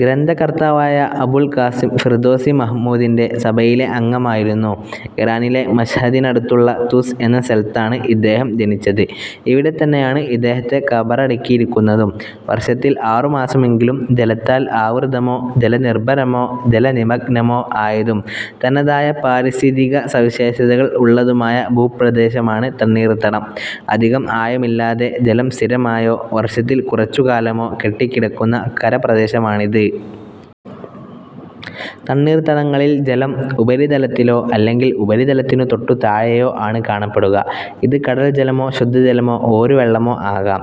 ഗ്രന്ഥകർത്താവായ Abul Qasim Firdausi മഹ്മൂദിന്റെ സഭയിലെ അംഗമായിരുന്നു. ഇറാനിലെ മശ്ഹദിനടുത്തുള്ള തുസ് എന്ന സ്ഥലത്താണ് ഇദ്ദേഹം ജനിച്ചത്. ഇവിടെത്തന്നെയാണ് ഇദ്ദേഹത്തെ ഖബറടക്കിയിരിക്കുന്നതും. വർഷത്തിൽ ആറുമാസമെങ്കിലും ജലത്താൽ ആവൃതമോ ജലനിർഭരമോ ജലനിമഗ്നമോ ആയതും തനതായ പാരിസ്ഥിതികസവിശേഷതകൾ ഉള്ളതുമായ ഭൂപ്രദേശമാണ് തണ്ണീർത്തടം. അധികം ആഴമില്ലാതെ ജലം സ്ഥിരമായോ, വർഷത്തിൽ കുറച്ചു കാലമോ കെട്ടിക്കിടക്കുന്ന കരപ്രദേശമാണിത്. തണ്ണീർത്തടങ്ങളിൽ ജലം ഉപരിതലത്തിലോ അല്ലെങ്കിൽ ഉപരിതലത്തിനു തൊട്ടുതാഴെയോ ആണ് കാണപ്പെടുക. ഇത് കടൽ ജലമോ ശുദ്ധജലമോ ഓരുവെള്ളമോ ആകാം.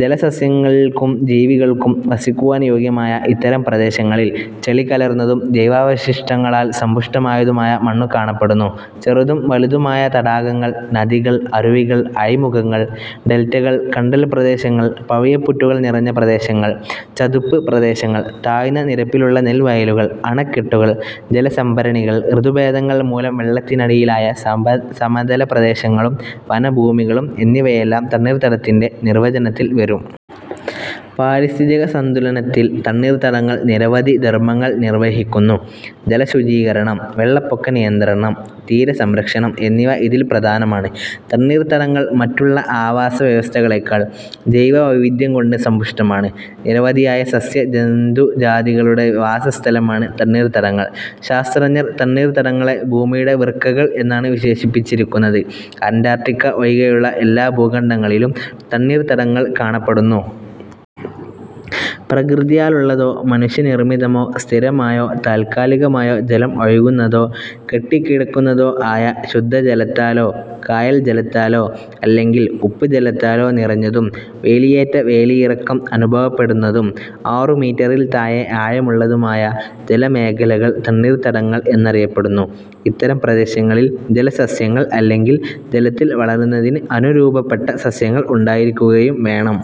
ജലസസ്യങ്ങൾക്കും ജീവികൾക്കും വസിക്കുവാൻ യോഗ്യമായ ഇത്തരം പ്രദേശങ്ങളിൽ ചെളി കലർന്നതും ജൈവാവശിഷ്ടങ്ങളാൽ സമ്പുഷ്ടമായതുമായ മണ്ണു കാണപ്പെടുന്നു. ചെറുതും വലുതുമായ തടാകങ്ങൾ, നദികൾ, അരുവികൾ. അഴിമുഖങ്ങൾ. ഡെൽറ്റകൾ, കണ്ടൽ പ്രദേശങ്ങൾ, പവിഴപ്പുറ്റുകൾ നിറഞ്ഞ പ്രദേശങ്ങൾ, ചതുപ്പ് പ്രദേശങ്ങൾ, താഴ്ന്ന നിരപ്പിലുള്ള നെൽവയലുകൾ, അണക്കെട്ടുകൾ, ജലസംഭരണികൾ, ഋതുഭേദങ്ങൾ മൂലം വെള്ളത്തിനടിയിലായ സമതല പ്രദേശങ്ങളും വനഭൂമികളും എന്നിവയെല്ലാം തണ്ണീർത്തടത്തിന്റെ നിർവ്വചനത്തിൽ വരും. പാരിസ്ഥിതികസംതുലനത്തിൽ തണ്ണീർത്തടങ്ങൾ നിരവധി ധർമങ്ങൾ നിർവ്വഹിക്കുന്നു. ജലശുചീകരണം, വെള്ളപ്പൊക്കനിയന്ത്രണം, തീരസംരക്ഷണം എന്നിവ ഇതിൽ പ്രധാനമാണ്. തണ്ണീർത്തടങ്ങൾ മറ്റുള്ള ആവാസ വ്യവസ്ഥകളെക്കാൾ ജൈവവൈവിധ്യം കൊണ്ട് സമ്പുഷ്ടമാണ്. നിരവധിയായ സസ്യ-ജന്തുജാതികളുടെ വാസസ്ഥലമാണ് തണ്ണീർത്തടങ്ങൾ. ശാസ്ത്രജ്ഞർ തണ്ണീർത്തടങ്ങളെ ഭൂമിയുടെ വൃക്കകൾ എന്നാണ് വിശേഷിപ്പിച്ചിരിക്കുന്നത്. അന്റാർട്ടിക്ക ഒഴികെയുള്ള എല്ലാ ഭൂഖണ്ഡങ്ങളിലും തണ്ണീർത്തടങ്ങൾ കാണപ്പെടുന്നു. പ്രകൃത്യാലുള്ളതോ, മനുഷ്യ നിർമിതമോ, സ്ഥിരമായോ താൽക്കാലികമായോ ജലം ഒഴുകുന്നതോ, കെട്ടിക്കിടക്കുന്നതോ ആയ, ശുദ്ധജലത്താലോ കായൽ ജലത്താലോ അല്ലെങ്കിൽ ഉപ്പ് ജലത്താലോ നിറഞ്ഞതും വേലിയേറ്റ വേലിയിറക്കം അനുഭവപ്പെടുന്നതും, ആറു മീറ്ററിൽ താഴെ ആഴമുള്ളതുമായ ജലമേഖലകൾ തണ്ണീർത്തടങ്ങൾ എന്നറിയപ്പെടുന്നു. ഇത്തരം പ്രദേശങ്ങളിൽ ജലസസ്യങ്ങൾ അല്ലെങ്കിൽ ജലത്തിൽ വളരുന്നതിന് അനുരൂപപ്പെട്ട സസ്യങ്ങൾ ഉണ്ടായിരിക്കുകയും വേണം.